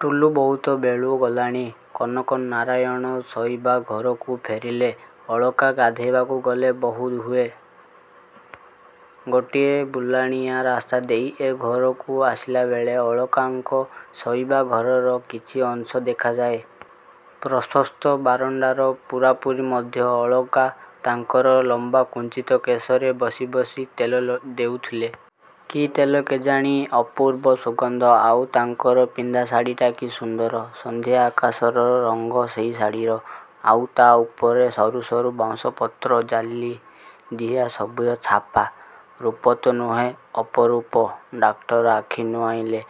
ଟୁଲୁ ବହୁତ ବେଳୁ ଗଲାଣି। କନକ ନାରାୟଣ ଶୋଇବା ଘରକୁ ଫେରିଲେ। ଅଳକା ଗାଧୋଇବାକୁ ଗଲେ ବୋଧହୁଏ। ଗୋଟିଏ ବୁଲାଣିଆ ରାସ୍ତାଦେଇ ଏ ଘରକୁ ଆସିଲାବେଳେ ଅଳକାଙ୍କ ଶୋଇବା ଘରର କିଛି ଅଂଶ ଦେଖାଯାଏ। ପ୍ରଶସ୍ତ ବାରଣ୍ଡାର ପୂରାପୂରି ମଧ୍ୟ। ଅଳକା ତାଙ୍କର ଲମ୍ବା କୁଞ୍ଚିତ କେଶରେ ବସି ବସି ତେଲ ଲ ଦେଉଥିଲେ। କି ତେଲ କେଜାଣି, ଅପୂର୍ବ ସୁଗନ୍ଧ। ଆଉ ତାଙ୍କର ପିନ୍ଧା ଶାଢ଼ିଟା କି ସୁନ୍ଦର! ସନ୍ଧ୍ୟା ଆକାଶର ରଙ୍ଗ ସେଇ ଶାଢ଼ିର। ଆଉ ତା' ଉପରେ ସରୁସରୁ ବାଉଁଶ ପତ୍ର ଜାଲିଦିଆ ସବୁଜ ଛାପା। ରୂପ ତ ନୁହେଁ ଅପରୂପ। ଡାକ୍ତର ଆଖି ନୁଆଁଇଲେ।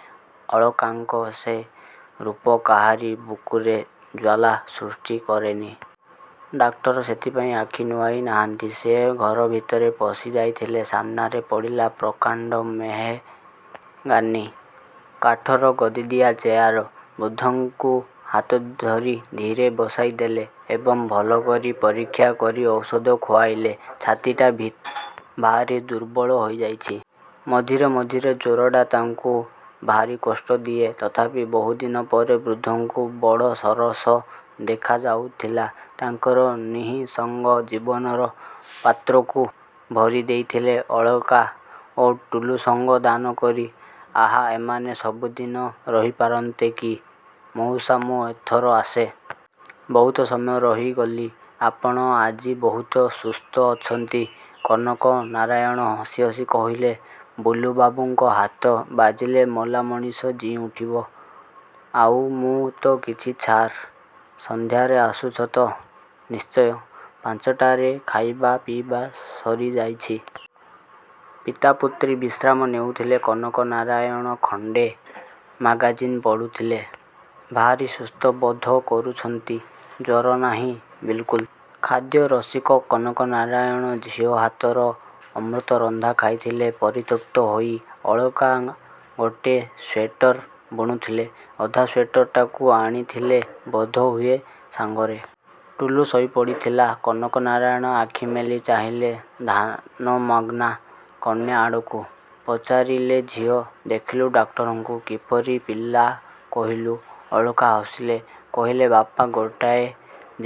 ଅଳକାଙ୍କ ସେ ରୂପ କାହାରି ବୁକୁରେ ଜ୍ୱାଳା ସୃଷ୍ଟି କରେନି। ଡାକ୍ତର ସେଥିପାଇଁ ଆଖି ନୁଆଁଇ ନାହାନ୍ତି। ସେ ଘର ଭିତରେ ପଶି ଯାଇଥିଲେ। ସାମ୍ନାରେ ପଡ଼ିଲା ପ୍ରକାଣ୍ଡ ମେହେଗାନି କାଠର ଗଦିଦିଆ ଚେୟାର। ବୃଦ୍ଧଙ୍କୁ ହାତ ଧରି ଧୀରେ ବସାଇଦେଲେ ଏବଂ ଭଲ କରି ପରୀକ୍ଷା କରି ଔଷଧ ଖୁଆଇଲେ। ଛାତିଟା ଭି ଭାରି ଦୁର୍ବଳ ହୋଇଯାଇ। ମଝିରେ ମଝିରେ ଜ୍ୱରଟା ତାଙ୍କୁ ଭାରି କଷ୍ଟ ଦିଏ। ତଥାପି ବହୁଦିନ ପରେ ବୃଦ୍ଧଙ୍କୁ ବଡ଼ ସରସ ଦେଖାଯାଉଥିଲା। ତାଙ୍କର ନିଃସଙ୍ଗ ଜୀବନର ପାତ୍ରକୁ ଭରି ଦେଇଥିଲେ ଅଳକା ଓ ଟୁଲୁ ସଙ୍ଗ ଦାନ କରି। ଆହା ଏମାନେ ସବୁଦିନ ରହିପାରନ୍ତେକି! ମଉସା ମୁଁ ଏଥର ଆସେ। ବହୁତ ସମୟ ରହିଗଲି। ଆପଣ ଆଜି ବହୁତ ସୁସ୍ଥ ଅଛନ୍ତି। କନକ ନାରାୟଣ ହସି ହସି କହିଲେ, ବୁଲୁ ବାବୁଙ୍କ ହାତ ବାଜିଲେ ମଲା ମଣିଷ ଜିଇଁଉଠିବ। ଆଉ ମୁଁ ତ କି ଛାର୍। ସଂଧ୍ୟାରେ ଆସୁଛ ତ? ନିଶ୍ଚୟ। ପାଞ୍ଚ ଟାରେ ଖାଇବା ପିଇବା ସରିଯାଇଛି। ପିତା ପୁତ୍ରୀ ବିଶ୍ରାମ ନେଉଥିଲେ। କନକ ନାରାୟଣ ଖଣ୍ଡେ ମାଗାଜିନ୍ ପଢ଼ୁଥିଲେ। ଭାରି ସୁସ୍ଥ ବୋଧ କରୁଛନ୍ତି। ଜ୍ୱର ନାହିଁ ବିଲକୁଲ୍। ଖାଦ୍ୟରସିକ କନକ ନାରାୟଣ ଝିଅ ହାତର ଅମୃତରନ୍ଧା ଖାଇଥିଲେ ପରିତୃପ୍ତ ହୋଇ। ଅଳକା ଗୋଟେ ସ୍ୱେଟର ବୁଣୁଥିଲେ। ଅଧା ସ୍ୱେଟରଟାକୁ ଆଣିଥିଲେ ବୋଧହୁଏ ସାଙ୍ଗରେ। ଟୁଲୁ ଶୋଇପଡ଼ିଥିଲା। କନକ ନାରାୟଣ ଆଖିମେଲି ଚାହିଁଲେ ଧ୍ୟାନମଗ୍ନା କନ୍ୟା ଆଡ଼କୁ। ପଚାରିଲେ ଝିଅ, ଦେଖିଲୁ ଡାକ୍ତରଙ୍କୁ। କିପରି ପିଲା କହିଲୁ? ଅଳକା ହସିଲେ। କହିଲେ ବାପା ଗୋଟିଏ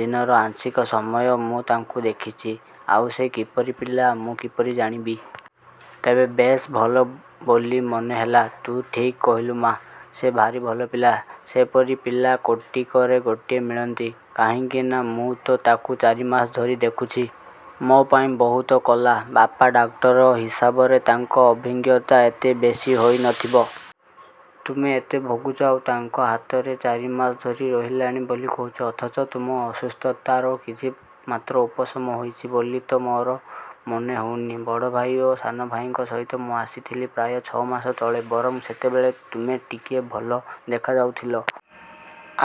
ଦିନର ଆଂଶିକ ସମୟ ମୁଁ ତାଙ୍କୁ ଦେଖିଛି। ଆଉ ସେ କିପରି ପିଲା ମୁଁ କିପରି ଜାଣିବି? ତେବେ ବେଶ୍ ଭଲ ବୋଲି ମନେହେଲା। ତୁ ଠିକ୍ କହିଲୁ ମା'। ସେ ଭାରି ଭଲ ପିଲା। ସେପରି ପିଲା କୋଟିକରେ ଗୋଟିଏ ମିଳନ୍ତି। କାହିଁକି ନା, ମୁଁ ତ ତାକୁ ଚାରିମାସ ଧରି ଦେଖୁଛି। ମୋ ପାଇଁ ବହୁତ କଲା। ବାପା ଡାକ୍ତର ହିସାବରେ ତାଙ୍କ ଅଭିଜ୍ଞତା ଏତେ ବେଶି ହୋଇନଥିବ। ତୁମେ ଏତେ ଭୋଗୁଚ, ଆଉ ତାଙ୍କ ହାତରେ ଚାରିମାସ ଧରି ରହିଲାଣି ବୋଲି କହୁଛ, ଅଥଚ ତୁମ ଅସୁସ୍ଥତାର କିଛି ମାତ୍ର ଉପଶମ ହୋଇଛି ବୋଲି ତ ମୋର ମନେହେଉନି। ବଡ଼ଭାଇ ଓ ସାନଭାଇଙ୍କ ସହିତ ମୁଁ ଆସିଥିଲି ପ୍ରାୟ ଛଅମାସ ତଳେ। ବରଂ ସେତେବେଳେ ତୁମେ ଟିକିଏ ଭଲ ଦେଖାଯାଉଥିଲ।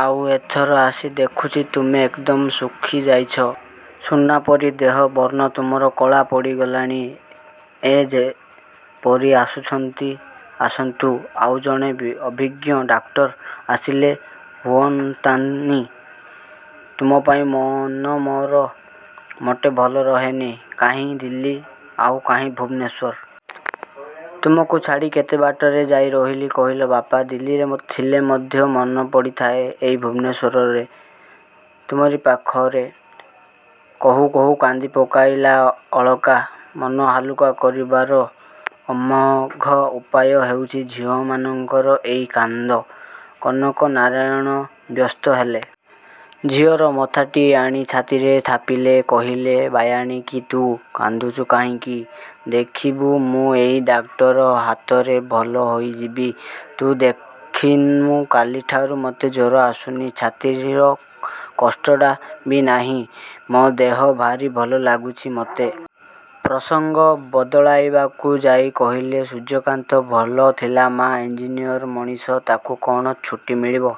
ଆଉ ଏଥର ଆସି ଦେଖୁଛି ତୁମେ ଏକଦମ ଶୁଖିଯାଇଛ। ସୁନାପରି ଦେହବର୍ଣ୍ଣ ତୁମର କଳାପଡ଼ି ଗଲାଣି। ଏ ଯେ ପରି ଆସୁଛନ୍ତି ଆସନ୍ତୁ। ଆଉ ଜଣେ ବି ଅଭିଜ୍ଞ ଡାକ୍ତର ଆସିଲେ ହୁଅନ୍ତାନି? ତୁମ ପାଇଁ ମନ ମୋର ମୋଟେ ଭଲ ରହେନି। କାହିଁ ଦିଲ୍ଲୀ, ଆଉ କାହିଁ ଭୁବନେଶ୍ୱର। ତୁମକୁ ଛାଡ଼ି କେତେ ବାଟରେ ଯାଇ ରହିଲି କହିଲ ବାପା। ଦିଲ୍ଲୀରେ ଥିଲେ ମଧ୍ୟ ମନ ପଡ଼ିଥାଏ ଏଇ ଭୁବନେଶ୍ୱରରେ, ତୁମରି ପାଖରେ। କହୁ କହୁ କାନ୍ଦି ପକାଇଲା ଅଳକା। ମନ ହାଲୁକା କରିବାର ଅମୋଘ ଉପାୟ ହେଉଛି ଝିଅମାନଙ୍କର ଏଇ କାନ୍ଦ। କନକ ନାରାୟଣ ବ୍ୟସ୍ତ ହେଲେ। ଝିଅର ମଥାଟି ଆଣି ଛାତିରେ ଥାପିଲେ। କହିଲେ ବାୟାଣୀ କି ତୁ। କାନ୍ଦୁଛୁ କାହିଁକି? ଦେଖିବୁ ମୁଁ ଏଇ ଡାକ୍ତର ହାତରେ ଭଲ ହୋଇଯିବି। ତୁ ଦେଖିନୁ କାଲିଠାରୁ ମୋତେ ଜ୍ୱର ଆସୁନି, ଛାତିର କଷ୍ଟଟା ବି ନାହିଁ, ମୋ ଦେହ ଭାରି ଭଲ ଲାଗୁଛି ମୋତେ। ପ୍ରସଙ୍ଗ ବଦଳାଇବାକୁ ଯାଇ କହିଲେ ସୂର୍ଯ୍ୟକାନ୍ତ ଭଲ ଥିଲା ମା? ଇଞ୍ଜିନିୟର ମଣିଷ, ତାକୁ କ'ଣ ଛୁଟି ମିଳିବ।